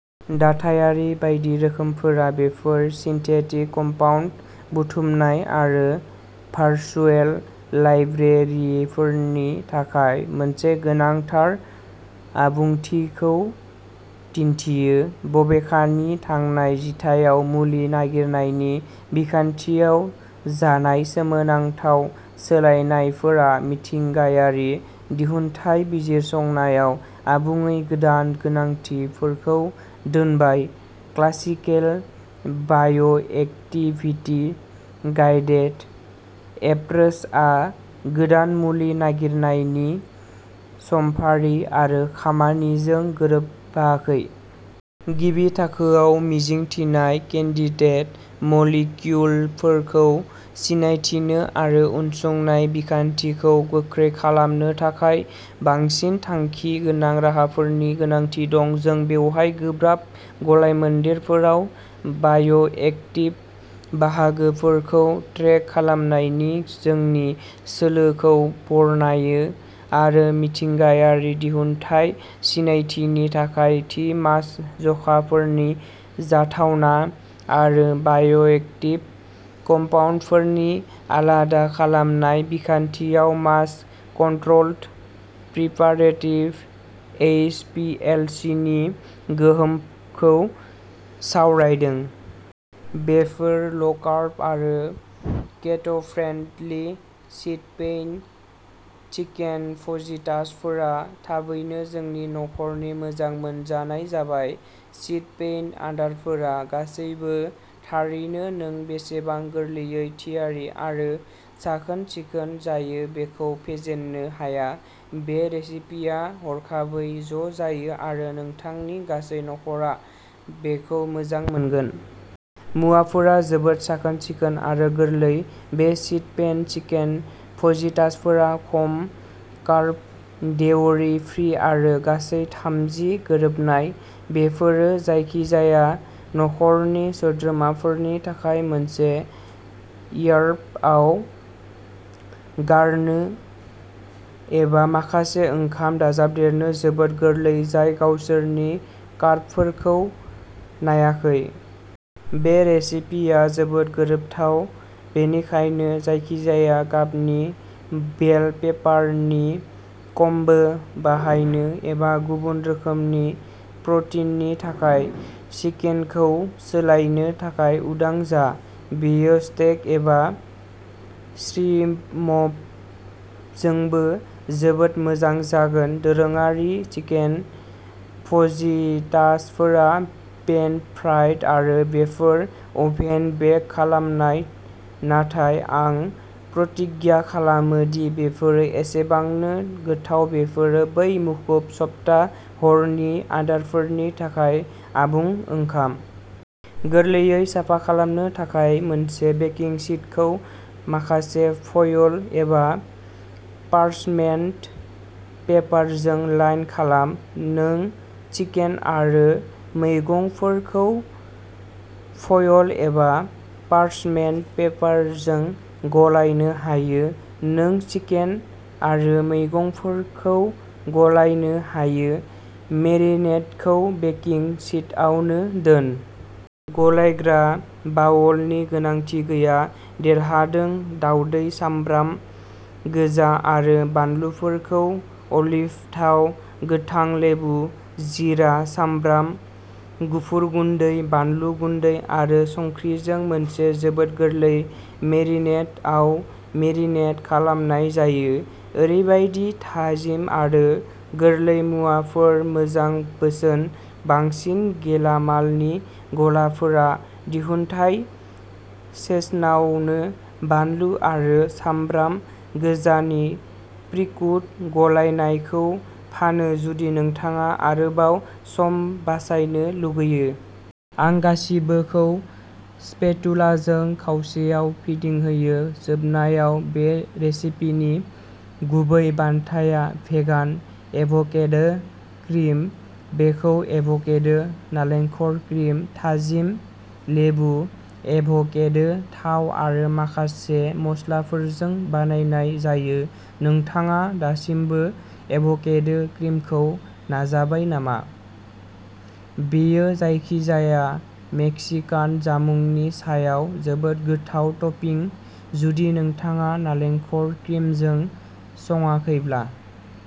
दाथायारि बायदि रोखोमफोरा बेफोर सिन्थेटिक कम्पाउन्ड बुथुमनाय आरो भारसुएल लाइब्रेरिफोरनि थाखाय मोनसे गोनांथार आबुंथिखौ दिन्थियो। बबेखानि थांनाय जिथाइयाव मुलि नागिरनायनि बिखान्थियाव जानाय सोमोनांथाव सोलायनायफोरा मिथिंगायारि दिहुनथाय बिजिरसंनायाव आबुङै गोदान गोनांथिफोरखौ दोनबाय। क्लासिकेल बाय'एक्टिभिटि गाइडेड एप्रोचआ गोदान मुलि नागिरनायनि समफारि आरो खामानिजों गोरोबाखै। गिबि थाखोआव मिजिं थिनाय केन्डिडेट मलिक्युलफोरखौ सिनायथिनो आरो उनसंनाय बिखान्थिखौ गोख्रै खालामनो थाखाय बांसिन थांखि गोनां राहाफोरनि गोनांथि दं। जों बेवहाय गोब्राब गलायमोन्देरफोराव बाय'एक्टिब बाहागोफोरखौ ट्रेक खालामनायनि जोंनि सोलोखौ बरनायो आरो मिथिंगायारि दिहुनथाय सिनायथिनि थाखाय थि मास जखाफोरनि जाथावना आरो बाय'एक्टिब कम्पाउन्डफोरनि आलादा खालामनाय बिखान्थियाव mass controlled preparative H P L C नि गोहोमखौ सावरायदों। बेफोर ल'कार्ब आरो केट'फ्रेन्डलि शीट पैन चिकेन फजितासफोरा थाबैनो जोंनि नखरनि मोजां मोनजानाय जाबाय। शीट पैन आदारफोरा गासैबो। थारैनो नों बेसेबां गोरलैयै थियारि आरो साखोन-सिखोन जायो बेखौ फेजेननो हाया। बे रेसिपिया हरखाबै ज'जायो आरो नोंथांनि गासै नख'रा बेखौ मोजां मोनगोन। मुवाफोरा जोबोद साखोन-सिखोन आरो गोरलै। बे शीट पेन चिकेन फजितासफोरा खम कार्ब डेयरी फ्रि आरो गासै थामजि गोरोबनाय। बेफोरो जायखिजाया नखरनि सोद्रोमाफोरनि थाखाय मोनसे र्यापआव गारनो एबा माखासे ओंखाम दाजाबदेरनो जोबोद गोरलै। जाय गावसोरनि कार्बफोरखौ नायाखै। बे रेसिपिया जोबोद गोरोबथाव। बेनिखायनो जायखिजाया गाबनि बेल पेपारनि कम्बो बाहायनो एबा गुबुन रोखोमनि प्रटिननि थाखाय चिकेनखौ सोलायनो थाखाय उदां जा। बेयो स्टेक एबा श्रिमपजोंबो जोबोद मोजां जागोन। दोरोङारि चिकेन फजितासफोरा पेन फ्राइड आरो बेफोर अभेन बेक खालामनाय नाथाय आं प्रतिज्ञा खालामो दि बेफोरो एसेबांनो गोथाव बेफोरो बै मुखुब सप्ता हरनि आदारफोरनि थाखाय आबुं ओंखाम। गोरलैयै साफा खालामनो थाखाय मोनसे बेकिं शीटखौ माखासे फयल एबा पार्चमेन्ट पेपारजों लाइन खालाम। नों चिकेन आरो मैगंफोरखौ फयल एबा पार्चमेन्ट पेपारजों गलायनो हायो। नों चिकेन आरो मैगंफोरखौ गलायनो हायो। मेरिनेडखौ बेकिं शीटआवनो दोन। गलायग्रा बावलनि गोनांथि गैया। देरहादों दावदै सामब्राम गोजा आरो बानलुफोरखौ अलिभ थाव, गोथां लेबु, जीरा, सामब्राम गुफुर गुन्दै, बानलु गुन्दै आरो संख्रिजों मोनसे जोबोद गोरलै मेरिनेडआव मेरिनेट खालामनाय जायो। ओरैबायदि थाजिम आरो गोरलै मुवाफोर मोजां बोसोन बांसिन गेलामालनि गलाफोरा दिहुनथाइ सेशनावनो बानलु आरो सामब्राम गोजानि प्रिकुट गलायनायखौ फानो जुदि नोंथाङा आरोबाव सम बासायनो लुगैयो। आं गासिबोखौ स्पेटुलाजों खावसेयाव फिदिंहोयो। जोबनायाव बे रेसिपिनि गुबै बान्थाया भेगान एभ'केडो क्रिम। बेखौ एभ'केडो नालेंखर क्रिम, थाजिम लेबु, एभ'केडो थाव आरो माखासे मस्लाफोरजों बानायनाय जायो। नोंथाङा दासिमबो एभ'केडो क्रिमखौ नाजाबाय नामा? बेयो जायखिजाया मेक्सिकान जामुंनि सायाव जोबोद गोथाव टपिं। जुदि नोंथाङा नालेंखर क्रिमजों संङाखैब्ला।